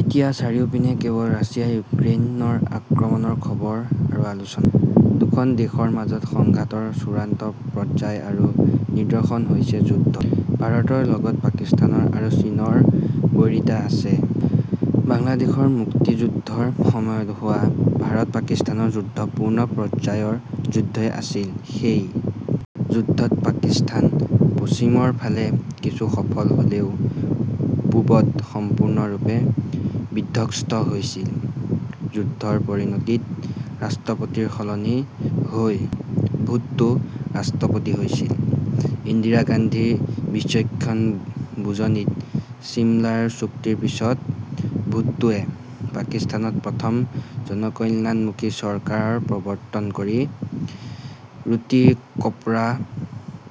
এতিয়া চাৰিওপিনে কেৱল ৰাছিয়াৰ ইউক্ৰেইন আক্ৰমণৰ খবৰ আৰু আলোচনা। দুখন দেশৰ মাজত সংঘাতৰ চূড়ান্ত পৰ্যায় আৰু নিদৰ্শন হৈছে যুদ্ধ। ভাৰতৰ লগত পাকিস্তানৰ আৰু চীনৰ বৈৰিতা আছে। বাংলাদেশৰ মুক্তিযুদ্ধৰ সময়ত হোৱা ভাৰতপাকিস্তানৰ যুদ্ধ পূৰ্ণ পৰ্যায়ৰ যুদ্ধই আছিল। সেই যুদ্ধত পাকিস্তান পশ্চিমৰ ফালে কিছু সফল হ'লেও পূবত সম্পূৰ্ণৰূপে বিধ্বস্ত হৈছিল। যুদ্ধৰ পৰিণতিত ৰাষ্ট্ৰপতিৰ সলনি হৈ ভূট্টো ৰাষ্ট্ৰপতি হৈছিল। ইন্দিৰা গান্ধীৰ বিচক্ষণ বুজনিত চিমলাৰ চুক্তিৰ পিছত ভূট্টোৱে পাকিস্তানত প্ৰথম জনকল্যাণমুখী চৰকাৰ প্ৰবৰ্তন কৰি ৰুটি কপৰা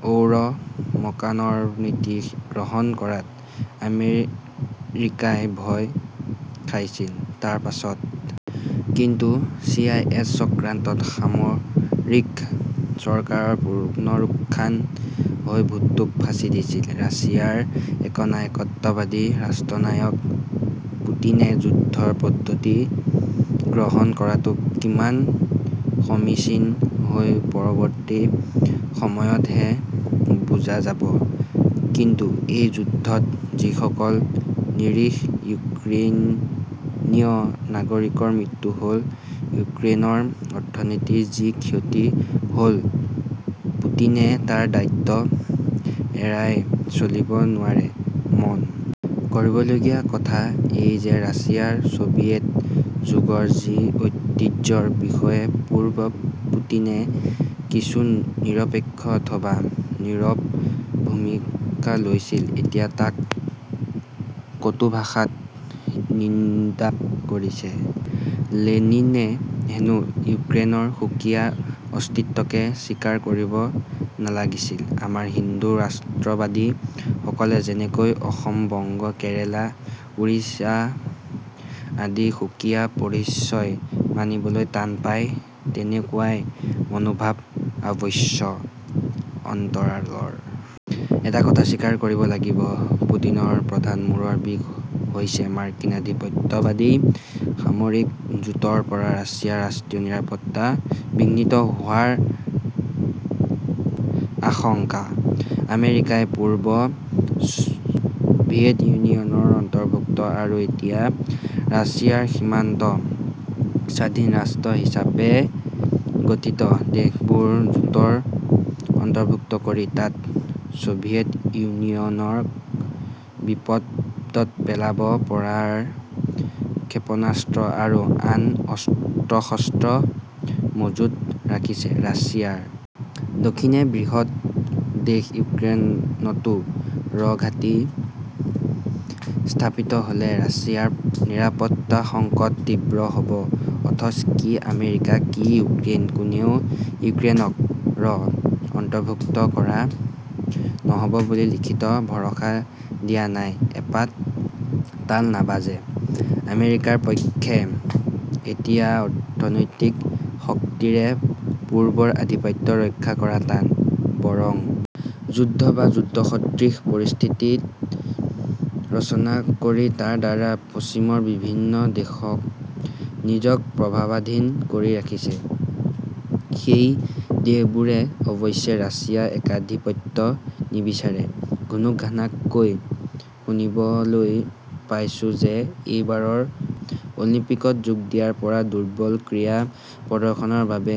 ঔৰ মকানৰ নীতি গ্ৰহণ কৰাত আমেৰিকাই ভয় খাইছিল। তাৰপিছত কিন্তু চি আই এ চক্ৰান্তত সামৰিক চৰকাৰৰ পুনৰুত্থান হৈ ভূট্টোক ফাচি দিছিল। ৰাছিয়াৰ একনায়কত্ববাদী ৰাষ্ট্ৰনায়ক পুতিনে যুদ্ধৰ পদ্ধতি গ্ৰহণ কৰাটো কিমান সমীচিন হৈছে পৰৱৰ্তী সময়তহে বুজা যাব। কিন্তু এই যুদ্ধত যিসকল নিৰীহ ইউক্ৰেইনিয় নাগৰিকৰ মৃত্যু হ'ল, ইউক্ৰেইনৰ অৰ্থনীতিৰ যি ক্ষতি হ'ল, পুতিনে তাৰ দায়িত্ব এৰাই চলিব নোৱাৰে। মন কৰিবলগীয়া কথা এয়ে যে ৰাছিয়াৰ ছবিয়েট যুগৰ যি ঐতিহ্যৰ বিষয়ে পূৰ্বে পুতিনে কিছু নিৰপেক্ষ অথবা নীৰৱ ভূমিকা লৈছিল, এতিয়া তাক কটু ভাষাত নিন্দা কৰিছে। লেনিনে হেনো ইউক্ৰেইনৰ সুকীয়া অস্তিত্বকে স্বীকাৰ কৰিব নালাগিছিল। আমাৰ হিন্দু ৰাষ্ট্ৰবাদী সকলে যেনেকৈ অসম, বংগ, কেৰালা, ওড়িষা আদিৰ সুকীয়া পৰিচয় মানিবলৈ টান পায়, তেনেকুৱাই মনোভাৱ অৱশ্যে অন্তৰালৰ। এটা কথা স্বীকাৰ কৰিব লাগিব পুতিনৰ প্ৰধান মূৰৰ বিষ হৈছে মাৰ্কিন আধিপত্যবাদী সামৰিক জোঁটৰ পৰা ৰাছিয়াৰ ৰাষ্ট্ৰীয় নিৰাপত্তা বিঘ্নিত হোৱাৰ আশংকা। আমেৰিকাই পূৰ্বে ছভিয়েট ইউনিয়নৰ অন্তৰ্ভূক্ত আৰু এতিয়া ৰাছিয়াৰ সীমান্তত স্বাধীন ৰাষ্ট্ৰ হিচাবে গঠিত দেশবোৰ জোঁটৰ অন্তৰ্ভূক্ত কৰি তাত ছভিয়েট ইউনিয়নক বিপদত পেলাব পৰা ৰ ক্ষেপনাস্ত্ৰ আৰু আন অস্ত্ৰশস্ত্ৰ মজুত ৰাখিছে। ৰাছিয়াৰ দক্ষিণে থকা বৃহৎ দেশ ইউক্ৰেইনটো ৰ ঘাঁটি স্থাপিত হ'লে ৰাছিয়াৰ নিৰাপত্তাসংকট তীব্ৰ হ'ব অথচ কি আমেৰিকা কি ইউক্ৰেইন কোনেও ইউক্ৰেইনক ৰ অন্তৰ্ভূক্ত কৰা নহ'ব বুলি লিখিত ভৰসা দিয়া নাই। এপাত তাল নাবাজে। আমেৰিকাৰ পক্ষে এতিয়া অৰ্থনৈতিক শক্তিৰে পূৰ্বৰ আধিপত্য ৰক্ষা কৰা টান। বৰঙ যুদ্ধ বা যুদ্ধসদৃশ পৰিস্থিতি ৰচনা কৰি তাৰ দ্বাৰা পশ্চিমৰ বিভিন্ন দেশক নিজৰ প্ৰভাৱাধীন কৰি ৰাখে। সেই দেশবোৰে অৱশ্যে ৰাছিয়াৰ একাধিপত্য নিবিচাৰে। ঘুনুকঘানাককৈ শুনিবলৈ পাইছোঁ যে এইবাৰৰ অলিম্পিকত যোগ দিয়াৰ পৰা দুৰ্বল ক্ৰীড়া প্ৰদৰ্শনৰ বাবে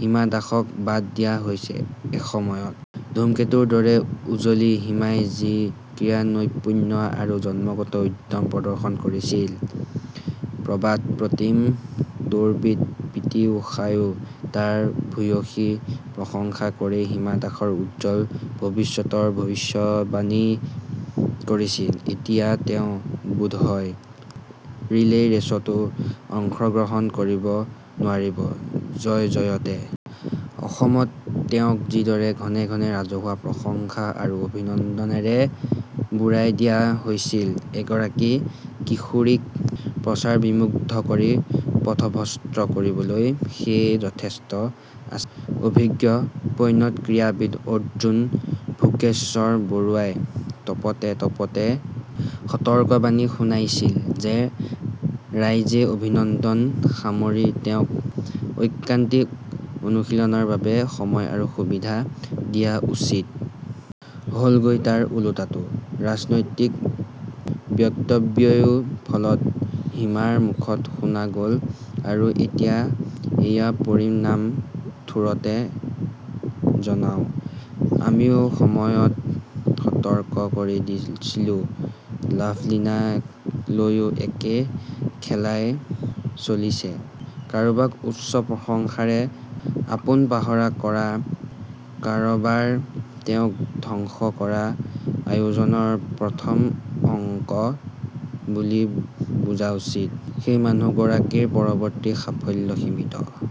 হিমা দাসক বাদ দিয়া হৈছে। এসময়ত ধুমকেতূৰ দৰে উজলি হিমাই যি ক্ৰীড়ানৈপুণ্য আৰু জন্মগত উদ্যম প্ৰদৰ্শন কৰিছিল, প্ৰবাদ প্ৰতীম দৌৰবিদ পি টি উষায়ো তাৰ ভূয়সী প্ৰশংসা কৰি হিমা দাসৰ উজ্জল ভৱিষ্যতৰ ভৱিষ্যদবাণী কৰিছিল। এতিয়া তেওঁ বোধহয় ৰিলেই ৰেচতো অংশগ্ৰহণ কৰিব নোৱাৰিব। জয়জয়তে অসমত তেওঁক যিদৰে ঘনেঘনে ৰাজহুৱা প্ৰশংসা আৰু অভিনন্দনেৰে বুৰাই দিয়া হৈছিল, এগৰাকী কিশোৰীক প্ৰচাৰবিমুগ্ধ কৰি পথভ্ৰষ্ট কৰিবলৈ সেয়ে যথেষ্ট আছিল। অভিজ্ঞ, পৈণত ক্ৰীড়াবিদ অৰ্জুন ভোগেশ্বৰ বৰুৱাই তপতে তপতে সতৰ্কবাণী শুনাইছিল যে ৰাইজে অভিনন্দন সামৰি তেওঁক ঐকান্তিক অনুশীলনৰ বাবে সময় আৰু সুবিধা দিয়া উচিত। হ'লগৈ তাৰ ওলোটাটো। ৰাজনৈতিক বক্তব্যও ফলত হিমাৰ মুখত শুনা গ'ল আৰু এতিয়া এয়া পৰিণাম ঠোৰতে জনাওঁ। আমিও সময়ত সতৰ্ক কৰি দিছিলো লাভলিনাক লৈও একে খেলাই চলিছে। কাৰোবাক উচ্চ প্ৰশংসাৰে আপোনপাহৰা কৰা কাৰবাৰ তেওঁক ধ্বংস কৰা আয়োজনৰ প্ৰথম অংক বুলি বুজা উচিত। সেই মানুহগৰাকীৰ পৰৱৰ্তী সাফল্য সীমিত।